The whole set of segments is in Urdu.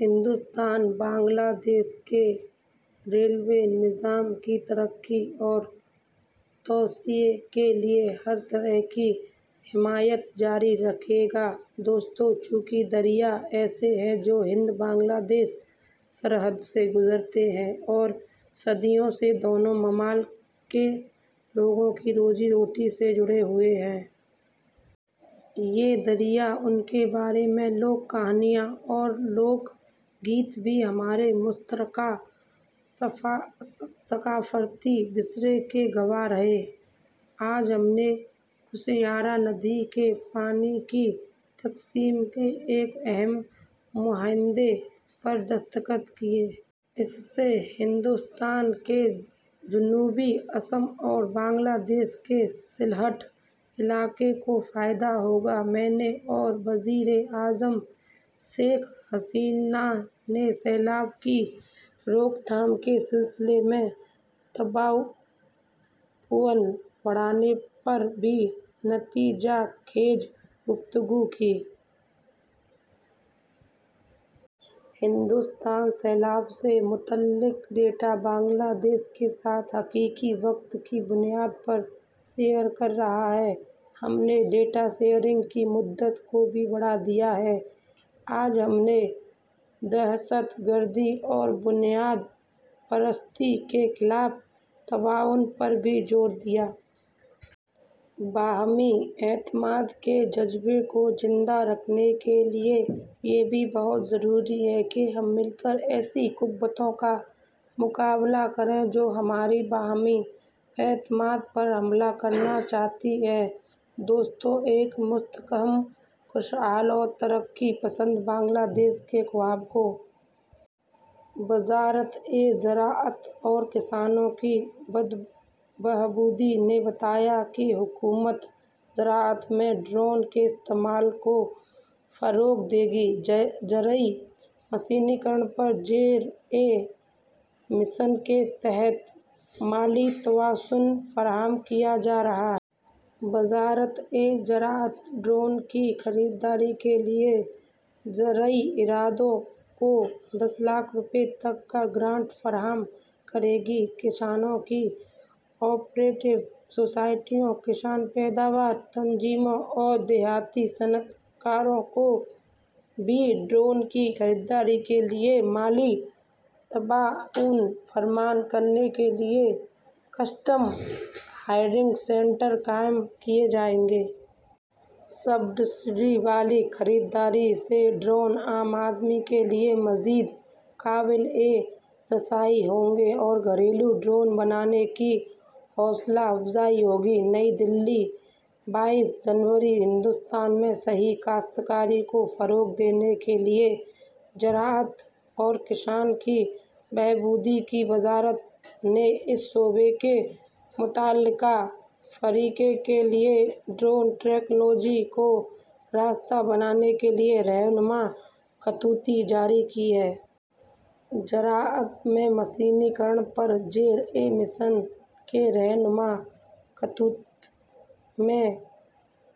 ہندوستان، بنگلہ دیش کے ریلوے نظام کی ترقی اور توسیع کے لیے ہر طرح کی حمایت جاری رکھے گا۔ دوستو، چونکہ دریا ایسے ہیں جو ہند بنگلہ دیش سرحد سے گزرتے ہیں اور صدیوں سے دونوں ممالک کے لوگوں کی روزی روٹی سے جڑے ہوئے ہیں۔ یہ دریا، ان کے بارے میں لوک کہانیاں اور لوک گیت بھی ہمارے مشترکہ ثقافتی ورثے کے گواہ رہے ہیں۔ آج ہم نے کشیارا ندی کے پانی کی تقسیم کے ایک اہم معاہدے پر دستخط کیے ہیں۔ اس سے ہندوستان کے جنوبی آسام اور بنگلہ دیش کے سلہٹ خطے کو فائدہ ہوگا۔ میں نے اور وزیر اعظم شیخ حسینہ نے سیلاب کی روک تھام کے سلسلے میں تعاون بڑھانے پر بھی نتیجہ خیز گفتگو کی۔ ہندوستان سیلاب سے متعلق ڈیٹا بنگلہ دیش کے ساتھ حقیقی وقت کی بنیاد پر شیئر کر رہا ہے اور ہم نے ڈیٹا شیئرنگ کی مدت کو بھی بڑھا دیا ہے۔ آج ہم نے دہشت گردی اور بنیاد پرستی کے خلاف تعاون پر بھی زور دیا۔ باہمی اعتماد کے جذبے کو زندہ رکھنے کے لیے یہ بھی بہت ضروری ہے کہ ہم مل کر ایسی قوتوں کا مقابلہ کریں جو ہمارے باہمی اعتماد پر حملہ کرنا چاہتی ہیں۔ دوستو، ایک مستحکم، خوشحال اور ترقی پسند بنگلہ دیش کے خواب کو۔ وزارت زراعت اور کسانوں کی بہبود نے بتایا کہ حکومت زراعت میں ڈرون کے استعمال کو فروغ دے گی۔ زرعی میکانائزیشن پر ذیلی مشن کے تحت مالی تعاون فراہم کیا جا رہا ہے۔ وزارت زراعت ڈرون کی خریداری کے لیے زرعی اداروں کو دس لاکھ روپے تک گرانٹ فراہم کرے گی۔ کسانوں کی کوآپریٹو سوسائٹیوں، کسان پیداوار تنظیموں اور دیہی صنعت کاروں کو بھی ڈرون کی خریداری کے لیے مالی تعاون فراہم کرنے کے لیے کسٹم ہائرنگ سینٹرز قائم کیے جائیں گے۔ سبسڈی والی خریداری سے ڈرون عام آدمی کے لیے مزید قابل رسائی ہوں گے اور گھریلو ڈرون بنانے کی حوصلہ افزائی ہوگی۔ نئی دہلی، بائیس جنوری۔ ہندوستان میں صحیح کاشت کاری کو فروغ دینے کے لیے زراعت اور کسانوں کی بہبود کی وزارت نے اس شعبے کے متعلقہ فریقوں کے لیے ڈرون ٹیکنالوجی کو سستا بنانے کے لیے رہنما خطوط جاری کیے ہیں۔ زراعت میں میکانائزیشن پر ذیلی مشن کے رہنما خطوط میں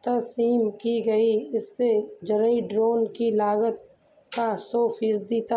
ترمیم کی گئی ہے، جس میں زرعی ڈرون کی لاگت کا سو فیصد تک...